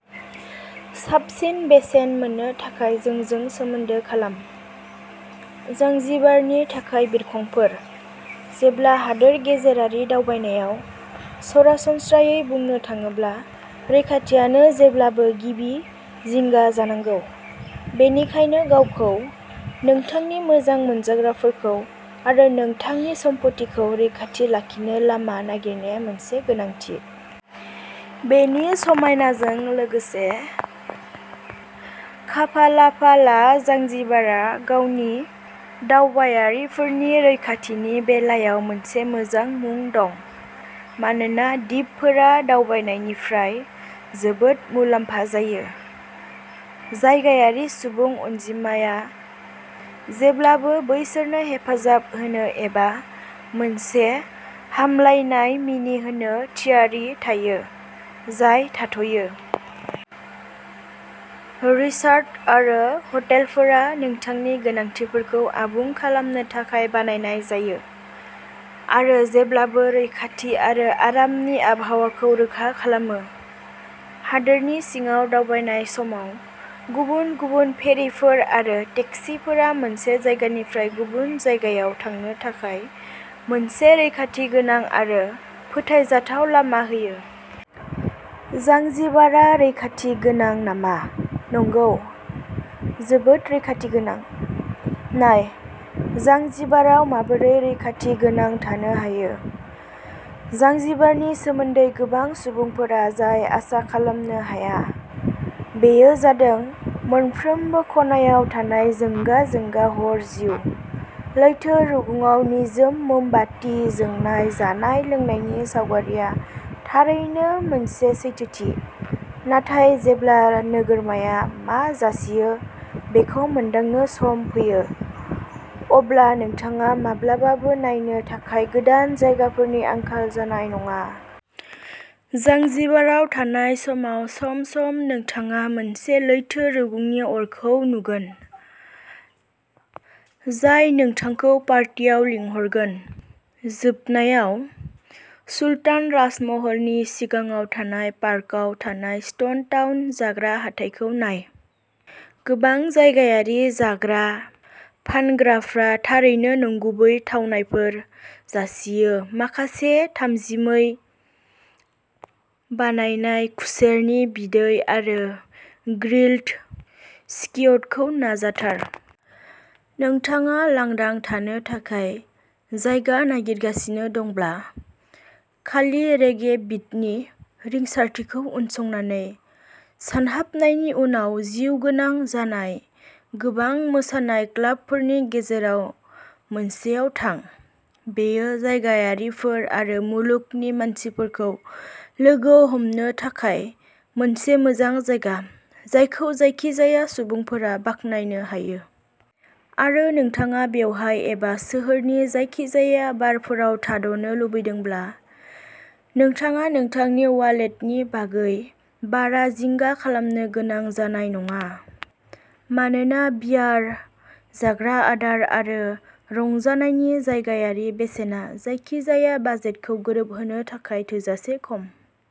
साबसिन बेसेन मोननो थाखाय जोंजों सोमोन्दो खालाम। जांजिबारनि थाखाय बिरखंफोर। जेब्ला हादोर गेजेरारि दावबायनायाव, सरासनस्रायै बुंनो थाङोब्ला, रैखाथिानो जेब्लाबो गिबि जिंगा जानांगौ। बेनिखायनो गावखौ, नोंथांनि मोजां मोनजाग्राफोरखौ आरो नोंथांनि सम्फथिखौ रैखाथि लाखिनो लामा नागिरनाया मोनसे गोनांथि। बेनि समायनाजों लोगोसे, खाफालाफाला जांजिबारा गावनि दावबायारिफोरनि रैखाथिनि बेलायाव मोनसे मोजां मुं दं। मानोना दिपफोरा दावबायनायनिफ्राय जोबोद मुलाम्फा जायो, जायगायारि सुबुं अनजिमाया जेब्लाबो बैसोरनो हेफाजाब होनो एबा मोनसे हामलायनाय मिनिहोनो थियारि थायो, जाय थाथ'यो। रिसर्ट आरो हटेलफोरा नोंथांनि गोनांथिफोरखौ आबुं खालामनो थाखाय बानायनाय जायो, आरो जेब्लाबो रैखाथि आरो आरामनि आबहावाखौ रोखा खालामो। हादोरनि सिङाव दावबायनाय समाव, गुबुन गुबुन फेरिफोर आरो टेक्सिफोरा मोनसे जायगानिफ्राय गुबुन जायगायाव थांनो थाखाय मोनसे रैखाथिगोनां आरो फोथायजाथाव लामा होयो। जांजिबारा रैखाथि गोनां नामा? नंगौ, जोबोद रैखाथि गोनां। नायः जांजिबाराव माबोरै रैखाथि गोनां थानो हायो। जांजिबारनि सोमोन्दै गोबां सुबुंफोरा जाय आसा खालामनो हाया, बेयो जादों मोनफ्रोमबो खनायाव थानाय जोंगा-जोंगा हर जिउ। लैथो रुगुंआव निजोम मोमबाति जोंनाय जानाय-लोंनायनि सावगारिआ थारैनो मोनसे सैथोथि, नाथाय जेब्ला नोगोरमाया मा जासियो बेखौ मोनदांनो सम फैयो, अब्ला नोंथाङा माब्लाबाबो नायनो थाखाय गोदान जायगाफोरनि आंखाल जानाय नङा। जांजिबाराव थानाय समाव सम-सम नोंथाङा मोनसे लैथो रुगुंनि अरखौ नुगोन, जाय नोंथांखौ पार्टियाव लिंहरगोन। जोबनायाव, सुल्तान राजमहलनि सिगाङाव थानाय पार्कआव थानाय स्टोन टाउन जाग्रा हाथाइखौ नाय। गोबां जायगायारि जाग्रा फानग्राफ्रा थारैनो नंगुबै थावनायफोर जासियो-माखासे थाजिमै बानायनाय खुसेरनि बिदै आरो ग्रिल्ड स्क्विडखौ नाजाथार। नोंथाङा लांदां थानो थाखाय जायगा नागिरगासिनो दंब्ला, खालि रेगे बिटनि रिंसारथिखौ उनसंनानै सानहाबनायनि उनाव जिउगोनां जानाय गोबां मोसानाय क्लाबफोरनि गेजेराव मोनसेयाव थां। बेयो जायगायारिफोर आरो मुलुगनि मानसिफोरखौ लोगो हमनो थाखाय मोनसे मोजां जायगा, जायखौ जायखिजाया सुबुंफोरा बाखनायनो हायो। आरो नोंथाङा बेवहाय एबा सोहोरनि जायखिजाया बारफोराव थाद'नो लुबैदोंब्ला, नोंथाङा नोंथांनि वालेटनि बागै बारा जिंगा खालामनो गोनां जानाय नङा, मानोना बियार, जाग्रा आदार आरो रंजानायनि जायगायारि बेसेना जायखिजाया बाजेटखौ गोरोबहोनो थाखाय थोजासे खम।